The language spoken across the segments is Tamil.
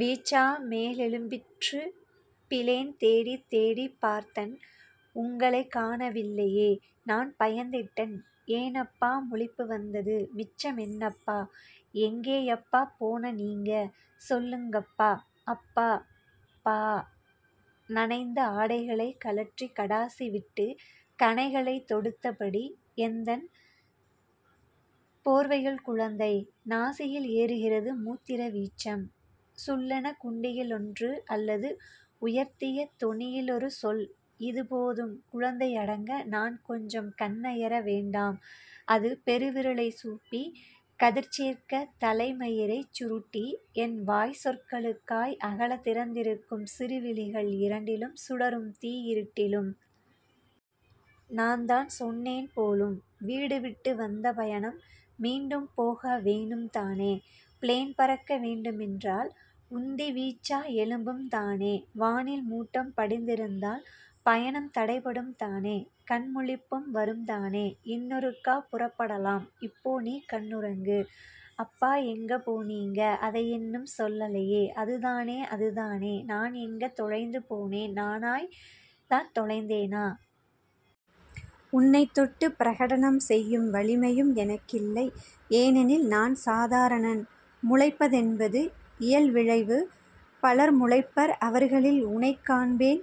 வீச்சா மேலெழும்பிற்று பிளேன் தேடித் தேடிப் பார்த்தன் உங்களைக் காணவில்லையே நான் பயந்திட்டன் ஏனப்பா முழிப்பு வந்தது மிச்சமென்னப்பா எங்கேயப்பா போனனீங்க சொல்லுங்கப்பா... அப்பா... பா... நனைந்த ஆடைகளைக் கழற்றிக் கடாசிவிட்டு கணைகளைத் தொடுத்தபடி எந்தன் போர்வையுள் குழந்தை. நாசியில் ஏறுகிறது மூத்திர வீச்சம் சுள்ளென குண்டியிலொன்று அல்லது உயர்த்திய தொனியிலொரு சொல் இது போதும் குழந்தை அடங்க நான் கொஞ்சம் கண்ணயர வேண்டாம் அது பெருவிரலைச் சூப்பி கதிர்சேர்க்க தலைமயிரைச் சுருட்டி என் வாய்ச்சொற்களுக்காய் அகலத் திறந்திருக்கும் சிறு விழிகள் இரண்டிலும் சுடரும் தீ இருட்டிலும்.... நான்தான் சொன்னேன் போலும் வீடுவிட்டு வந்த பயணம் மீண்டும் போக வேணும்தானே பிளேன் பறக்க வேண்டுமென்றால் உந்தி வீச்சா எழும்பும்தானே வானில் மூட்டம் படிந்திருந்தால் பயணம் தடைப்படும்தானே கண்முழிப்பும் வரும்தானே இன்னொருக்கா புறப்படலாம் இப்போ நீ கண்ணுறங்கு. அப்பா எங்க போனீங்க அதை இன்னும் சொல்லலையே அதுதானே அதுதானே நான் எங்க தொலைந்து போனேன் நானாய்த் தான் தொலைந்தேனா? உனைத் தொட்டு பிரகடனம் செய்யும் வலிமையும் எனக்கில்லை ஏனெனில் நான் சாதாரணன் முளைப்பதென்பது இயல்விளைவு பலர் முளைப்பர் அவர்களில் உனைக்காண்பேன்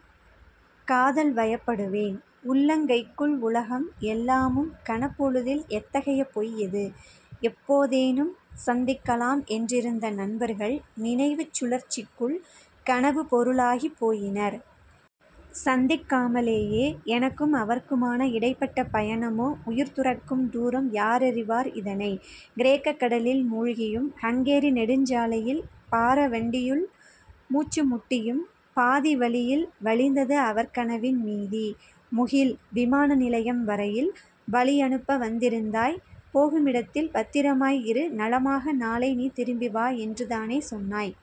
காதல்வயப்படுவேன். உள்ளங் கைக்குள் உலகம் எல்லாமும் கணப்பொழுதில் எத்தகைய பொய் இது. எப்போதேனும் சந்திக்கலாம் என்றிருந்த நண்பர்கள் நினைவுச் சுழற்சிக்குள் கனவுப் பொருளாகிப் போயினர். சந்திக்காமலேயே எனக்கும் அவர்க்குமான இடைப்பட்ட பயணமோ உயிர் துறக்கும் தூரம் யார் அறிவார் இதனை? கிரேக்கக் கடலில் மூழ்கியும், ஹங்கேரி நெடுஞ்சாலையில் பாரவண்டியுள் மூச்சு முட்டியும், பாதிவழியில் வழிந்தது அவர் கனவின் மீதி...! முகில்! விமான நிலையம் வரையில் வழியனுப்ப வந்திருந்தாய் போகுமிடத்தில் பத்திரமாய் இரு நலமாக நாளை நீ திரும்பி வா" என்றுதானே சொன்னாய்.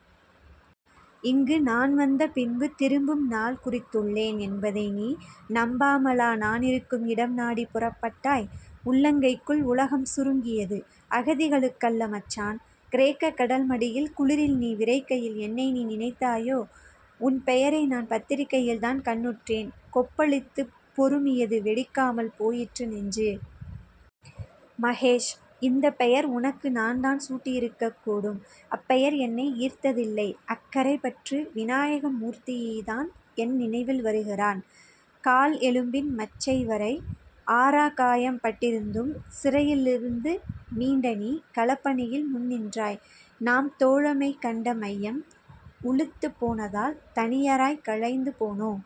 இங்கு நான் வந்த பின்பு திரும்பும் நாள் குறித்துள்ளேன் என்பதை நீ நம்பாமலா நானிருக்கும் இடம் நாடிப் புறப்பட்டாய்? உள்ளங்கைக்குள் உலகம் சுருங்கியது அகதிகளுக்கல்ல மச்சான்! கிரேக்க கடல் மடியில் குளிரில் நீ விறைக்கையில் என்னை நீ நினைத்தாயோ! உன் பெயரை நான் பத்திரிகையில்தான் கண்ணுற்றேன் கொப்பளித்து பொருமியது, வெடிக்காமல் போயிற்று நெஞ்சு! மகேஷ்! இந்தப் பெயர் உனக்கு நான்தான் சூட்டியிருக்கக்கூடும் அப்பெயர் என்னை ஈர்த்ததில்லை அக்கரைப்பற்று வினாயகமூர்த்திதான் என் நினைவில் வருகிறான். கால் எலும்பின் மச்சைவரை। ஆறாக்காயம் பட்டிருந்தும் சிறையிருந்து மீண்ட நீ களப்பணியில் முன்நின்றாய். நாம் தோழமை கண்ட மையம் உளுத்துப்போனதால் தனியராய் கலைந்து போனோம்.